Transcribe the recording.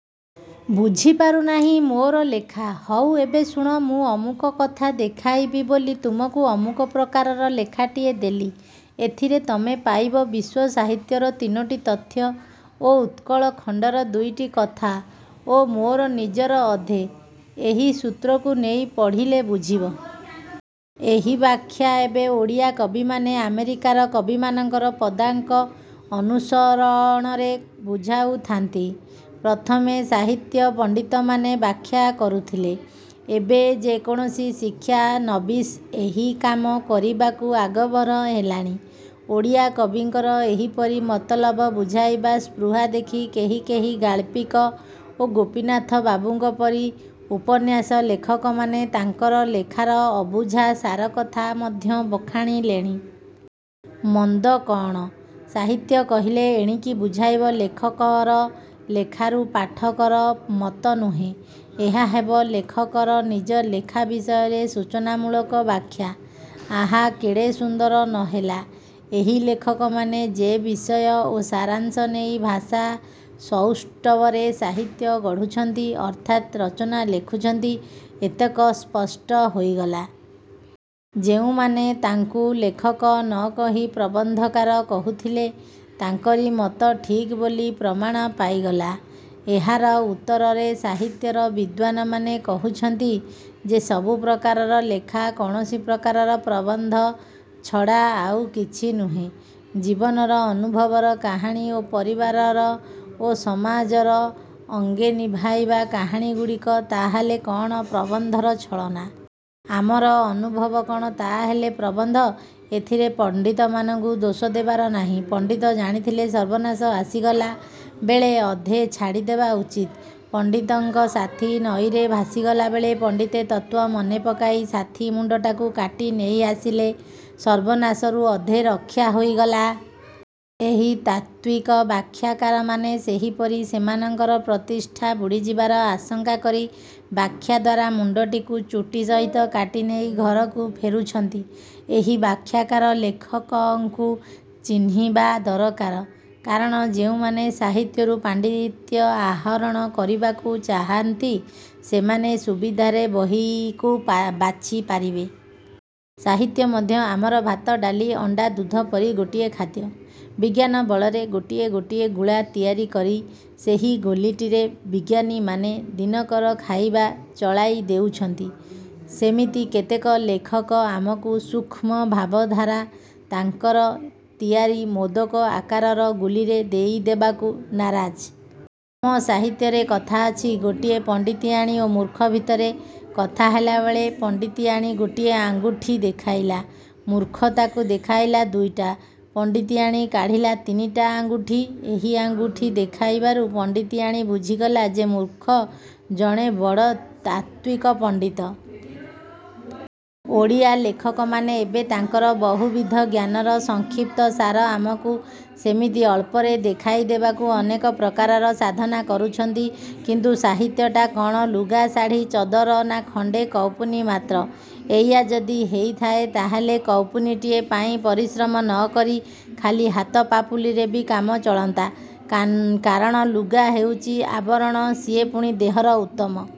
ବୁଝି ପାରୁ ନାହିଁ-ମୋର ଲେଖା? ହଉ ଏବେ ଶୁଣ। ମୁଁ ଅମୁକ କଥା ଦେଖାଇବି ବୋଲି ତୁମକୁ ଅମୁକ ପ୍ରକାରର ଲେଖାଟିଏ ଦେଲି। ଏଥିରେ ତମେ ପାଇବ ବିଶ୍ୱସାହିତ୍ୟର ତିନୋଟି ତଥ୍ୟ ଓ ଉତ୍କଳଖଣ୍ତର ଦୁଇଟି କଥା ଓ ମୋର ନିଜର ଅଧେ। ଏହି ସୂତ୍ରକୁ ନେଇ ପଢ଼ିଲେ ବୁଝିବ। ଏହି ବ୍ୟାଖ୍ୟା ଏବେ ଓଡ଼ିଆ କବିମାନେ ଆମେରିକାର କବିମାନଙ୍କର ପଦାଙ୍କ ଅନୁସ ରଣରେବୁଝାଉଥାନ୍ତି। ପ୍ରଥମେ ସାହିତ୍ୟ ପଣ୍ତିତମାନେ ବ୍ୟାଖ୍ୟା କରୁଥିଲେ ଏବେ ଯେ କୌଣସି ଶିକ୍ଷା ନବୀସ୍ ଏହି କାମ କରିବାକୁ ଆଗଭର ହେଲାଣି। ଓଡ଼ିଆ କବିଙ୍କର ଏହିପରି ମତଲବ ବୁଝାଇବା ସ୍ପୃହା ଦେଖି କେହି କେହି ଗାଳ୍ପିକ ଓ ଗୋପୀନାଥବାବୁଙ୍କ ପରି ଉପନ୍ୟାସ ଲେଖକମାନେ ତାଙ୍କର ଲେଖାର ଅବୁଝା ସାରକଥା ମଧ୍ୟ ବଖାଣିଲେଣି। ମନ୍ଦ କ'ଣ? ସାହିତ୍ୟ କହିଲେ ଏଣିକି ବୁଝାଇବ-ଲେଖକର ଲେଖାରୁ ପାଠକର ମତ ନୁହେଁ। ଏହା ହେବ ଲେଖକର ନିଜ ଲେଖା ବିଷୟରେ ସୂଚନାମୂଳକ ବ୍ୟାଖ୍ୟା। ଆହା, କେଡ଼େ ସୁନ୍ଦର ନହେଲା? ଏହି ଲେଖକମାନେ ଯେ ବିଷୟ ଓ ସାରାଂଶ ନେଇ ଭାଷା ସୌଷ୍ଠବରେ ସାହିତ୍ୟ ଗଢ଼ୁଛନ୍ତି ଅର୍ଥାତ୍ ରଚନା ଲେଖୁଛନ୍ତି-ଏତକ ସ୍ପଷ୍ଟ ହୋଇଗଲା। ଯେଉଁମାନେ ତାଙ୍କୁ ଲେଖକ ନ କହି ପ୍ରବନ୍ଧକାର କହୁଥିଲେ ତାଙ୍କରି ମତ ଠିକ୍ ବୋଲି ପ୍ରମାଣ ପାଇଗଲା। ଏହାର ଉତ୍ତରରେ ସାହିତ୍ୟର ବିଦ୍ୱାନମାନେ କହୁଛନ୍ତି ଯେ ସବୁ ପ୍ରକାରର ଲେଖା କୌଣସି ପ୍ରକାରର ପ୍ରବନ୍ଧ ଛଡ଼ା ଆଉ କିଛି ନୁହେଁ। ଜୀବନର ଅନୁଭବର କାହାଣୀ, ପରିବାରର ଓ ସମାଜର ଅଙ୍ଗେନିଭାଇବା କାହାଣୀଗୁଡ଼ିକ ତାହାହେଲେ କ'ଣ ପ୍ରବନ୍ଧର ଛଳନା? ଆମର ଅନୁଭବ କ'ଣ ତାହାହେଲେ ପ୍ରବନ୍ଧ-? ଏଥିରେ ପଣ୍ତିତମାନଙ୍କୁ ଦୋଷ ଦେବାର ନାହିଁ। ପଣ୍ତିତ ଜାଣିଥିଲେ ସର୍ବନାଶ ଆସିଗଲା ବେଳେ ଅଧେ ଛାଡ଼ିଦବା ଉଚିତ୍। ପଣ୍ତିତଙ୍କ ସାଥୀ ନଈରେ ଭାସିଗଲାବେଳେ ପଣ୍ତିତେ ତତ୍ତ୍ୱ ମନେ ପକାଇ ସାଥୀ ମୁଣ୍ତଟାକୁ କାଟି ନେଇ ଆସିଲେ। ସର୍ବନାଶରୁ ଅଧେ ରକ୍ଷା ହୋଇଗଲା-। ଏହି ତାତ୍ତ୍ୱିକ ବ୍ୟାଖ୍ୟାକାରମାନେ ସେହିପରି ସେମାନଙ୍କର ପ୍ରତିଷ୍ଠା ବୁଡ଼ିଯିବାର ଆଶଙ୍କା କରି ବ୍ୟାଖ୍ୟା ଦ୍ୱାରା ମୁଣ୍ତଟିକୁ ଚୁଟି ସହିତ କାଟି ନେଇ ଘରକୁ ଫେରୁଛନ୍ତି। ଏହି ବ୍ୟାଖ୍ୟା କାର-ଲେଖକଙ୍କୁ ଚିହ୍ନିବା ଦରକାର। କାରଣ ଯେଉଁମାନେ ସାହିତ୍ୟରୁ ପାଣ୍ତିତ୍ୟ ଆହରଣ କରିବାକୁ ଚାହାନ୍ତି ସେମାନେ ସୁବିଧାରେ ବହିକୁ ବାଛିପାରିବେ। ସାହିତ୍ୟ ମଧ୍ୟ ଆମର ଭାତ ଡାଲି ଅଣ୍ତା ଦୁଧ ପରି ଗୋଟିଏ ଖାଦ୍ୟ। ବିଜ୍ଞାନ ବଳରେ ଗୋଟିଏ ଗୋଟିଏ ଗୁଳା ତିଆରି କରି ସେହି ଗୋଲିଟିରେ ବିଜ୍ଞାନୀମାନେ ଦିନକର ଖାଇବା ଚଳାଇ ଦେଉଛନ୍ତି। ସେମିତି କେତେକ ଲେଖକ ଆମକୁ ସୂକ୍ଷ୍ମ ଭାବଧାରା ତାଙ୍କର ତିଆରି ମୋଦକ ଆକାରର ଗୁଲିରେ ଦେଇଦେବାକୁ ନାରାଜ। ଆମର ସାହିତ୍ୟରେ କଥା ଅଛି। ଗୋଟିଏ ପଣ୍ତିତିଆଣୀ ଓ ମୂର୍ଖ ଭିତରେ କଥା ହେଲାବେଳେ ପଣ୍ତିତିଆଣୀ ଗୋଟିଏ ଆଙ୍ଗୁଠି ଦେଖାଇଲା। ମୂର୍ଖ ତା'କୁ ଦେଖାଇଲା ଦୁଇଟା। ପଣ୍ତିତିଆଣୀ କାଢ଼ିଲା ତିନିଟା ଆଙ୍ଗୁଠି-ଏହି ଆଙ୍ଗୁଠି ଦେଖାଇବାରୁ ପଣ୍ତିତିଆଣୀ ବୁଝିଗଲା ଯେ ମୂର୍ଖ ଜଣେ ବଡ଼ ତାତ୍ତ୍ୱିକ ପଣ୍ତିତ। ଓଡ଼ିଆ ଲେଖକମାନେ ଏବେ ତାଙ୍କର ବହୁବିଧ ଜ୍ଞାନର ସଂକ୍ଷିପ୍ତ ସାର ଆମକୁ ସେମିତି ଅଳ୍ପରେ ଦେଖାଇ ଦେବାକୁ ଅନେକ ପ୍ରକାରର ସାଧନା କରୁଛନ୍ତି। କିନ୍ତୁ ସାହିତ୍ୟଟା କ'ଣ ଲୁଗା ଶାଢ଼ୀ ଚଦର ନା ଖଣ୍ତେ କୌପୁନୀ ମାତ୍ର? ଏଇଆ ଯଦି ହେଇଥାଏ ତାହାହେଲେ କୌପୁନୀଟିଏ ପାଇଁ ପରିଶ୍ରମ ନ କରି ଖାଲି ହାତ ପାପୁଲିରେ ବି କାମ ଚଳନ୍ତା। କାରଣ ଲୁଗା ହେଉଛି ଆବରଣ? ସିଏ ପୁଣି ଦେହର ଉତ୍ତମ